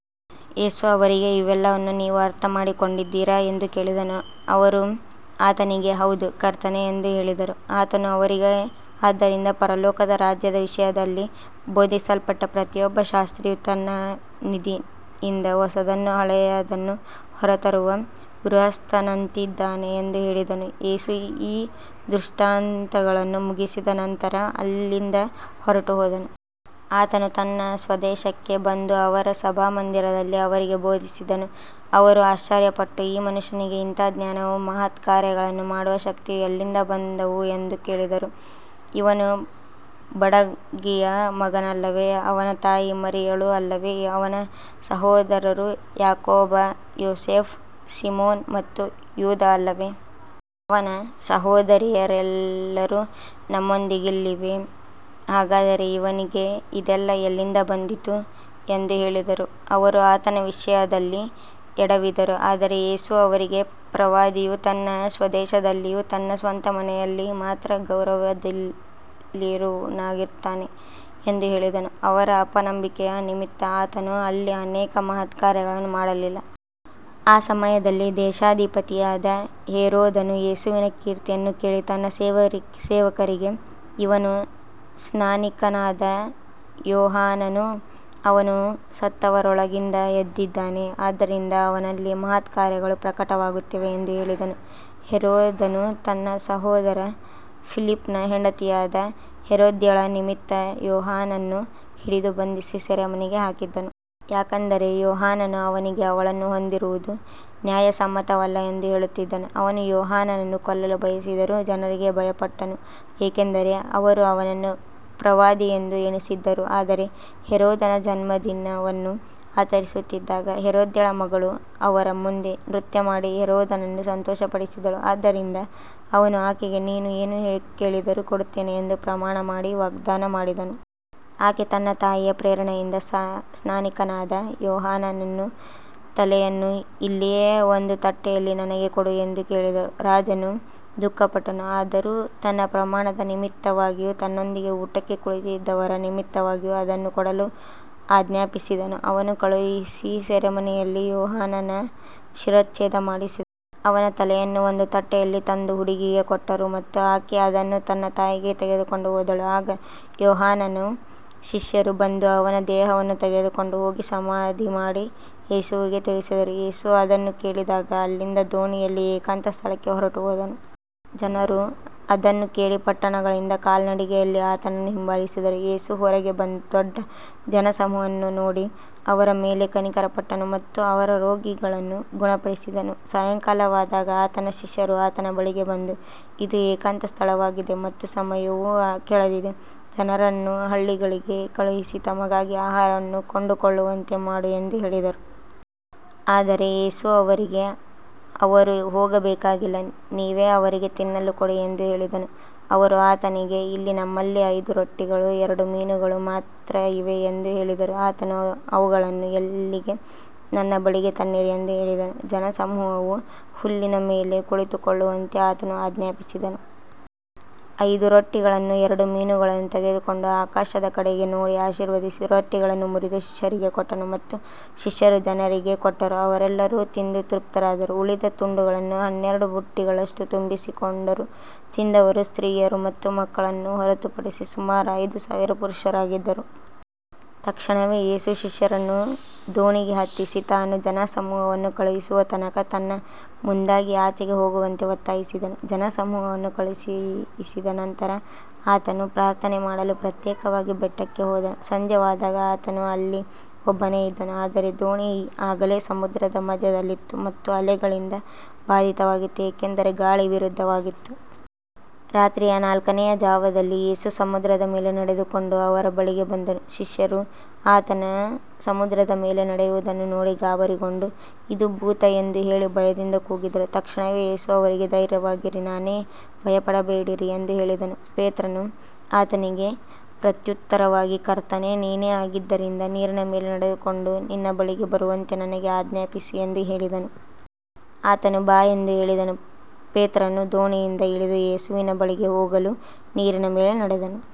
ಯೇಸು ಅವರಿಗೆ, ಇವೆಲ್ಲವನ್ನೂ ನೀವು ಅರ್ಥಮಾಡಿಕೊಂಡಿದ್ದೀರಾ ಎಂದು ಕೇಳಿದನು. ಅವರು ಆತನಿಗೆ, ಹೌದು, ಕರ್ತನೇ ಎಂದು ಹೇಳಿದರು. ಆತನು ಅವರಿಗೆ, ಆದ್ದರಿಂದ ಪರಲೋಕದ ರಾಜ್ಯದ ವಿಷಯದಲ್ಲಿ ಬೋಧಿಸಲ್ಪಟ್ಟ ಪ್ರತಿಯೊಬ್ಬ ಶಾಸ್ತ್ರಿಯೂ ತನ್ನ ನಿಧಿಯಿಂದ ಹೊಸದನ್ನೂ ಹಳೆಯದನ್ನೂ ಹೊರತರುವ ಗೃಹಸ್ಥನಂತಿದ್ದಾನೆ ಎಂದು ಹೇಳಿದನು. ಯೇಸು ಈ ದೃಷ್ಟಾಂತಗಳನ್ನು ಮುಗಿಸಿದ ನಂತರ ಅಲ್ಲಿಂದ ಹೊರಟುಹೋದನು. ಆತನು ತನ್ನ ಸ್ವದೇಶಕ್ಕೆ ಬಂದು ಅವರ ಸಭಾಮಂದಿರದಲ್ಲಿ ಅವರಿಗೆ ಬೋಧಿಸಿದನು. ಅವರು ಆಶ್ಚರ್ಯಪಟ್ಟು, ಈ ಮನುಷ್ಯನಿಗೆ ಇಂಥ ಜ್ಞಾನವೂ ಮಹತ್ಕಾರ್ಯಗಳನ್ನು ಮಾಡುವ ಶಕ್ತಿಯೂ ಎಲ್ಲಿಂದ ಬಂದವು ಎಂದು ಹೇಳಿದರು. ಇವನು ಬಡಗಿಯ ಮಗನಲ್ಲವೇ? ಅವನ ತಾಯಿ ಮರಿಯಳು ಅಲ್ಲವೇ? ಅವನ ಸಹೋದರರು ಯಾಕೋಬ, ಯೋಸೇಫ, ಸೀಮೋನ ಮತ್ತು ಯೂದ ಅಲ್ಲವೇ? ಅವನ ಸಹೋದರಿಯರೆಲ್ಲರೂ ನಮ್ಮೊಂದಿಗಿಲ್ಲವೇ? ಹಾಗಾದರೆ ಇವನಿಗೆ ಇದೆಲ್ಲ ಎಲ್ಲಿಂದ ಬಂದಿತು ಎಂದು ಹೇಳಿದರು. ಅವರು ಆತನ ವಿಷಯದಲ್ಲಿ ಎಡವಿದರು. ಆದರೆ ಯೇಸು ಅವರಿಗೆ, ಪ್ರವಾದಿಯು ತನ್ನ ಸ್ವದೇಶದಲ್ಲಿಯೂ ತನ್ನ ಸ್ವಂತ ಮನೆಯಲ್ಲಿ ಮಾತ್ರ ಗೌರವವಿಲ್ಲದವನಾಗಿರುತ್ತಾನೆ ಎಂದು ಹೇಳಿದನು. ಅವರ ಅಪನಂಬಿಕೆಯ ನಿಮಿತ್ತ ಆತನು ಅಲ್ಲಿ ಅನೇಕ ಮಹತ್ಕಾರ್ಯಗಳನ್ನು ಮಾಡಲಿಲ್ಲ. ಆ ಸಮಯದಲ್ಲಿ ದೇಶಾಧಿಪತಿಯಾದ ಹೆರೋದನು ಯೇಸುವಿನ ಕೀರ್ತಿಯನ್ನು ಕೇಳಿ ತನ್ನ ಸೇವಕರಿಗೆ, ಇವನು ಸ್ನಾನಿಕನಾದ ಯೋಹಾನನು, ಅವನು ಸತ್ತವರೊಳಗಿಂದ ಎದ್ದಿದ್ದಾನೆ. ಆದ್ದರಿಂದ ಅವನಲ್ಲಿ ಮಹತ್ಕಾರ್ಯಗಳು ಪ್ರಕಟವಾಗುತ್ತಿವೆ ಎಂದು ಹೇಳಿದನು. ಹೆರೋದನು ತನ್ನ ಸಹೋದರ ಫಿಲಿಪ್ಪನ ಹೆಂಡತಿಯಾದ ಹೆರೋದ್ಯಳ ನಿಮಿತ್ತ ಯೋಹಾನನನ್ನು ಹಿಡಿದು ಬಂಧಿಸಿ ಸೆರೆಮನೆಗೆ ಹಾಕಿದ್ದನು. ಯಾಕಂದರೆ ಯೋಹಾನನು ಅವನಿಗೆ, ಅವಳನ್ನು ಹೊಂದಿರುವುದು ನ್ಯಾಯಸಮ್ಮತವಲ್ಲ ಎಂದು ಹೇಳುತ್ತಿದ್ದನು. ಅವನು ಯೋಹಾನನನ್ನು ಕೊಲ್ಲಲು ಬಯಸಿದರೂ ಜನರಿಗೆ ಭಯಪಟ್ಟನು, ಏಕೆಂದರೆ ಅವರು ಅವನನ್ನು ಪ್ರವಾದಿಯೆಂದು ಎಣಿಸಿದ್ದರು. ಆದರೆ ಹೆರೋದನ ಜನ್ಮದಿನವನ್ನು ಆಚರಿಸುತ್ತಿದ್ದಾಗ ಹೆರೋದ್ಯಳ ಮಗಳು ಅವರ ಮುಂದೆ ನೃತ್ಯಮಾಡಿ ಹೆರೋದನನ್ನು ಸಂತೋಷಪಡಿಸಿದಳು. ಆದ್ದರಿಂದ ಅವನು ಆಕೆಗೆ, ನೀನು ಏನು ಕೇಳಿದರೂ ಕೊಡುತ್ತೇನೆ ಎಂದು ಪ್ರಮಾಣಮಾಡಿ ವಾಗ್ದಾನ ಮಾಡಿದನು. ಆಕೆ ತನ್ನ ತಾಯಿಯ ಪ್ರೇರಣೆಯಿಂದ, ಸ್ನಾನಿಕನಾದ ಯೋಹಾನನ ತಲೆಯನ್ನು ಇಲ್ಲಿಯೇ ಒಂದು ತಟ್ಟೆಯಲ್ಲಿ ನನಗೆ ಕೊಡು ಎಂದು ಕೇಳಿದಳು. ರಾಜನು ದುಃಖಪಟ್ಟನು. ಆದರೂ ತನ್ನ ಪ್ರಮಾಣದ ನಿಮಿತ್ತವಾಗಿಯೂ ತನ್ನೊಂದಿಗೆ ಊಟಕ್ಕೆ ಕುಳಿತಿದ್ದವರ ನಿಮಿತ್ತವಾಗಿಯೂ ಅದನ್ನು ಕೊಡಲು ಆಜ್ಞಾಪಿಸಿದನು. ಅವನು ಕಳುಹಿಸಿ ಸೆರೆಮನೆಯಲ್ಲಿ ಯೋಹಾನನ ಶಿರಚ್ಛೇದ ಮಾಡಿಸಿದನು. ಅವನ ತಲೆಯನ್ನು ಒಂದು ತಟ್ಟೆಯಲ್ಲಿ ತಂದು ಹುಡುಗಿಗೆ ಕೊಟ್ಟರು ಮತ್ತು ಆಕೆ ಅದನ್ನು ತನ್ನ ತಾಯಿಗೆ ತೆಗೆದುಕೊಂಡು ಹೋದಳು. ಆಗ ಯೋಹಾನನ ಶಿಷ್ಯರು ಬಂದು ಅವನ ದೇಹವನ್ನು ತೆಗೆದುಕೊಂಡು ಹೋಗಿ ಸಮಾಧಿಮಾಡಿ, ಯೇಸುವಿಗೆ ತಿಳಿಸಿದರು. ಯೇಸು ಅದನ್ನು ಕೇಳಿದಾಗ ಅಲ್ಲಿಂದ ದೋಣಿಯಲ್ಲಿ ಏಕಾಂತ ಸ್ಥಳಕ್ಕೆ ಹೊರಟುಹೋದನು. ಜನರು ಅದನ್ನು ಕೇಳಿ ಪಟ್ಟಣಗಳಿಂದ ಕಾಲ್ನಡಿಗೆಯಲ್ಲಿ ಆತನನ್ನು ಹಿಂಬಾಲಿಸಿದರು. ಯೇಸು ಹೊರಗೆ ಬಂದು ದೊಡ್ಡ ಜನಸಮೂಹವನ್ನು ನೋಡಿ ಅವರ ಮೇಲೆ ಕನಿಕರಪಟ್ಟನು ಮತ್ತು ಅವರ ರೋಗಿಗಳನ್ನು ಗುಣಪಡಿಸಿದನು. ಸಾಯಂಕಾಲವಾದಾಗ ಆತನ ಶಿಷ್ಯರು ಆತನ ಬಳಿಗೆ ಬಂದು, ಇದು ಏಕಾಂತ ಸ್ಥಳವಾಗಿದೆ ಮತ್ತು ಸಮಯವೂ ಕಳೆದಿದೆ. ಜನರನ್ನು ಹಳ್ಳಿಗಳಿಗೆ ಕಳುಹಿಸಿ ತಮಗಾಗಿ ಆಹಾರವನ್ನು ಕೊಂಡುಕೊಳ್ಳುವಂತೆ ಮಾಡು ಎಂದು ಹೇಳಿದರು. ಆದರೆ ಯೇಸು ಅವರಿಗೆ, ಅವರು ಹೋಗಬೇಕಾಗಿಲ್ಲ, ನೀವೇ ಅವರಿಗೆ ತಿನ್ನಲು ಕೊಡಿ ಎಂದು ಹೇಳಿದನು. ಅವರು ಆತನಿಗೆ, ಇಲ್ಲಿ ನಮ್ಮಲ್ಲಿ ಐದು ರೊಟ್ಟಿಗಳೂ ಎರಡು ಮೀನುಗಳೂ ಮಾತ್ರ ಇವೆ ಎಂದು ಹೇಳಿದರು. ಆತನು, ಅವುಗಳನ್ನು ಇಲ್ಲಿಗೆ ನನ್ನ ಬಳಿಗೆ ತನ್ನಿರಿ ಎಂದು ಹೇಳಿದನು. ಜನಸಮೂಹವು ಹುಲ್ಲಿನ ಮೇಲೆ ಕುಳಿತುಕೊಳ್ಳುವಂತೆ ಆತನು ಆಜ್ಞಾಪಿಸಿದನು. ಐದು ರೊಟ್ಟಿಗಳನ್ನೂ ಎರಡು ಮೀನುಗಳನ್ನೂ ತೆಗೆದುಕೊಂಡು, ಆಕಾಶದ ಕಡೆಗೆ ನೋಡಿ ಆಶೀರ್ವದಿಸಿ, ರೊಟ್ಟಿಗಳನ್ನು ಮುರಿದು ಶಿಷ್ಯರಿಗೆ ಕೊಟ್ಟನು ಮತ್ತು ಶಿಷ್ಯರು ಜನರಿಗೆ ಕೊಟ್ಟರು. ಅವರೆಲ್ಲರೂ ತಿಂದು ತೃಪ್ತರಾದರು. ಉಳಿದ ತುಂಡುಗಳನ್ನು ಹನ್ನೆರಡು ಬುಟ್ಟಿಗಳಷ್ಟು ತುಂಬಿಸಿಕೊಂಡರು. ತಿಂದವರು ಸ್ತ್ರೀಯರು ಮತ್ತು ಮಕ್ಕಳನ್ನು ಹೊರತುಪಡಿಸಿ ಸುಮಾರು ಐದು ಸಾವಿರ ಪುರುಷರಾಗಿದ್ದರು. ತಕ್ಷಣವೇ ಯೇಸು ಶಿಷ್ಯರನ್ನು ದೋಣಿಗೆ ಹತ್ತಿಸಿ, ತಾನು ಜನಸಮೂಹವನ್ನು ಕಳುಹಿಸುವ ತನಕ ತನ್ನ ಮುಂದಾಗಿ ಆಚೆಗೆ ಹೋಗುವಂತೆ ಒತ್ತಾಯಿಸಿದನು. ಜನಸಮೂಹವನ್ನು ಕಳುಹಿಸಿದ ನಂತರ ಆತನು ಪ್ರಾರ್ಥನೆಮಾಡಲು ಪ್ರತ್ಯೇಕವಾಗಿ ಬೆಟ್ಟಕ್ಕೆ ಹೋದನು. ಸಂಜೆವಾದಾಗ ಆತನು ಅಲ್ಲಿ ಒಬ್ಬನೇ ಇದ್ದನು. ಆದರೆ ದೋಣಿ ಆಗಲೇ ಸಮುದ್ರದ ಮಧ್ಯದಲ್ಲಿತ್ತು ಮತ್ತು ಅಲೆಗಳಿಂದ ಬಾಧಿತವಾಗಿತ್ತು, ಏಕೆಂದರೆ ಗಾಳಿ ವಿರುದ್ಧವಾಗಿತ್ತು. ರಾತ್ರಿಯ ನಾಲ್ಕನೆಯ ಜಾವದಲ್ಲಿ ಯೇಸು ಸಮುದ್ರದ ಮೇಲೆ ನಡೆದುಕೊಂಡು ಅವರ ಬಳಿಗೆ ಬಂದನು. ಶಿಷ್ಯರು ಆತನು ಸಮುದ್ರದ ಮೇಲೆ ನಡೆಯುವುದನ್ನು ನೋಡಿ ಗಾಬರಿಗೊಂಡು, ಇದು ಭೂತ ಎಂದು ಹೇಳಿ ಭಯದಿಂದ ಕೂಗಿದರು. ತಕ್ಷಣವೇ ಯೇಸು ಅವರಿಗೆ, ಧೈರ್ಯವಾಗಿರಿ, ನಾನೇ, ಭಯಪಡಬೇಡಿರಿ ಎಂದು ಹೇಳಿದನು. ಪೇತ್ರನು ಆತನಿಗೆ ಪ್ರತ್ಯುತ್ತರವಾಗಿ, ಕರ್ತನೇ, ನೀನೇ ಆಗಿದ್ದರೆ ನೀರಿನ ಮೇಲೆ ನಡೆದುಕೊಂಡು ನಿನ್ನ ಬಳಿಗೆ ಬರುವಂತೆ ನನಗೆ ಆಜ್ಞಾಪಿಸು ಎಂದು ಹೇಳಿದನು. ಆತನು, ಬಾ ಎಂದು ಹೇಳಿದನು. ಪೇತ್ರನು ದೋಣಿಯಿಂದ ಇಳಿದು ಯೇಸುವಿನ ಬಳಿಗೆ ಹೋಗಲು ನೀರಿನ ಮೇಲೆ ನಡೆದನು.